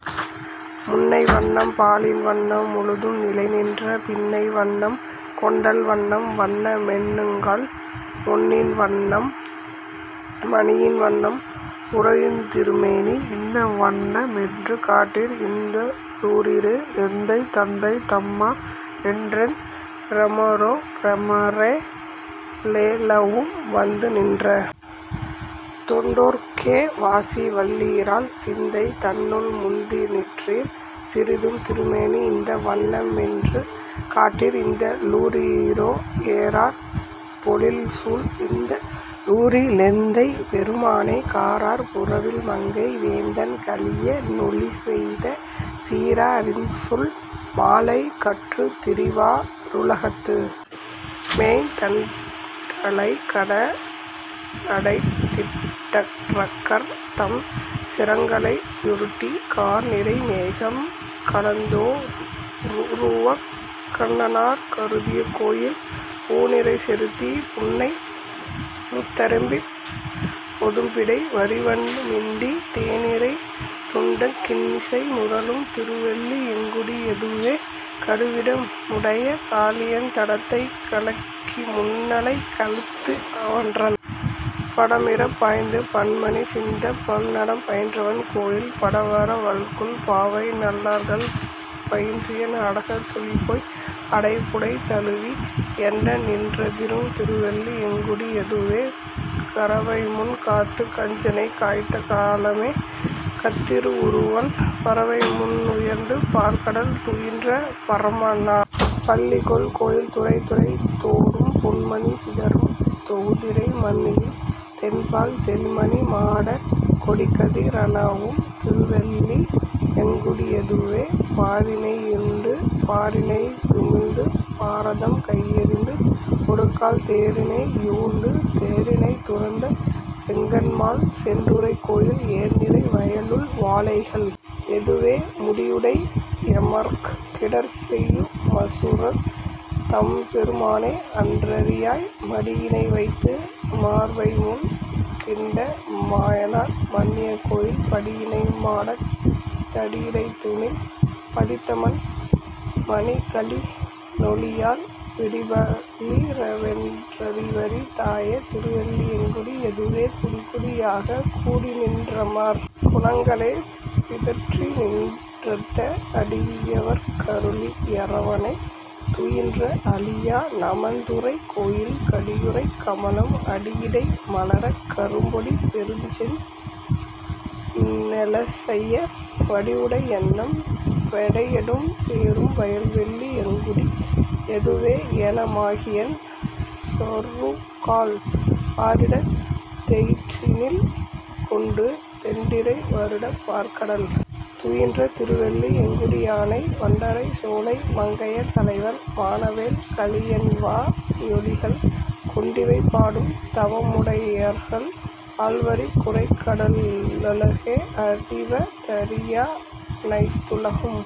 முன்னை வண்ணம் பாலின் வண்ணம் முழுதும் நிலைநின்ற, பின்னை வண்ணம் கொண்டல் வண்ணம் வண்ண மெண்ணுங்கால், பொன்னின் வண்ணம் மணியின் வண்ணம் புரையுந் திருமேனி, இன்ன வண்ண மென்று காட்டீர் இந்த ளூரீரு. எந்தை தந்தை தம்மா னென்றென் றெமெரோ றெமரெ லேளவும், வந்து நின்ற தொண்டரோர்க்கே வாசி வல்லீரால், சிந்தை தன்னுள் முந்தி நிற்றிர் சிறிதும் திருமேனி, இந்த வண்ண மென்று காட்டீர் இந்த ளூரீரோ ஏரார் பொலில்சூழ் இந்த ளூரி லெந்தை பெருமானை, காரார் புறவில் மங்கை வேந்தன் கலிய னொலிசெய்த, சீரா ரின்சொல் மாலை கற்றுத் திரிவா ருலகத்து, மேய்த்தன் றலைகட லடைத்திட்டரக்கர் தம் சிரங்களை யுருட்டி, கார்நிறை மேகம் கலந்தோ ருருவக் கண்ணனார் கருதிய கோயில், பூநீரைச் செருந்தி புன்னைமுத் தரும்பிப் பொதும்பிடை வரிவண்டு மிண்டி, தேனிரைத் துண்டங் கின்னிசை முரலும் திருவெள்ளி யங்குடி யதுவே கடுவிடமுடைய காளியன் தடத்தைக் கலக்கிமுன் னலக்கழித்து, அவன்றன் படமிறப் பாய்ந்து பன்மணி சிந்தப் பல்நடம் பயின்றவன் கோயில், படவர வல்குல் பாவைநல் லார்கள் பயின்றிய நாடகத் தொலிபோய், அடைபுடை தலுவி யண்டநின் றதிரும் திருவெள்ளி யங்குடி யதுவே கறவைமுன் காத்துக் கஞ்சனைக் காய்த்த காளமே கத்திரு வுருவன், பறவைமுன் னுயர்ந்துப் பாற்கடல் துயின்ற பரமனார் பள்ளிகொள் கோயில், துறைதுறை தோறும் பொன்மணி சிதறும் தொகுதிரை மண்ணியின் தென்பால், செறிமணி மாடக் கொடிகதி ரணவும் திருவெள்ளி யங்குடி யதுவே பாரினை யுண்டு பாரினை யுமிழ்ந்து பாரதம் கையெறிந்து, ஒருகால் தேரினை யூர்ந்து தேரினைத் துரந்த செங்கண்மால் சென்றுறை கோயில், ஏர்நிரை வயளுள் வாளைகள் யதுவே முடியுடை யமரர்க் கிடர்செயு மசுரர் தம்பெரு மானை, அன் றரியாய் மடியினை வைத்து மார்வைமுன் கிண்ட மாயனார் மன்னிய கோயில், படியினை மாடத் தடியிடைத் தூணில் பதித்தமன் மணிகளி னொளியால், விடிபக லிரவென் றறிவரி தாய திருவெள்ளி யங்குடி யதுவே குடிகுடி யாகக் கூடிநின் றமர் குணங்களே பிதற்றிநின் றேத்த அடியவர்க் கருளி யரவணைத் துயின்ற அழியா நமர்ந்துறை கோயில், கடியுடைக் கமலம் அடியிடை மலரக் கரும்பொடு பெருஞ்செந்நெ லசைய, வடிவுடை யன்னம் பெடையொடும் சேரும் வயல்வெள்ளி யங்குடி யதுவே ஏன மாகியன் சொருகால், பாரிடந் தெயிற்றினில் கொண்டு, தெண்டிரை வருடப் பாற்கடல் துயின்ற திருவெள்ளி யங்குடி யானை, வண்டறை சோலை மங்கையர் தலைவன் மானவேல் கலியன்வா யொலிகள், கொண்டிவை பாடும் தவமுடையார்கள் ஆள்வரிக் குரைகட லுலகே அறிவ தரியா னைத்துலகும்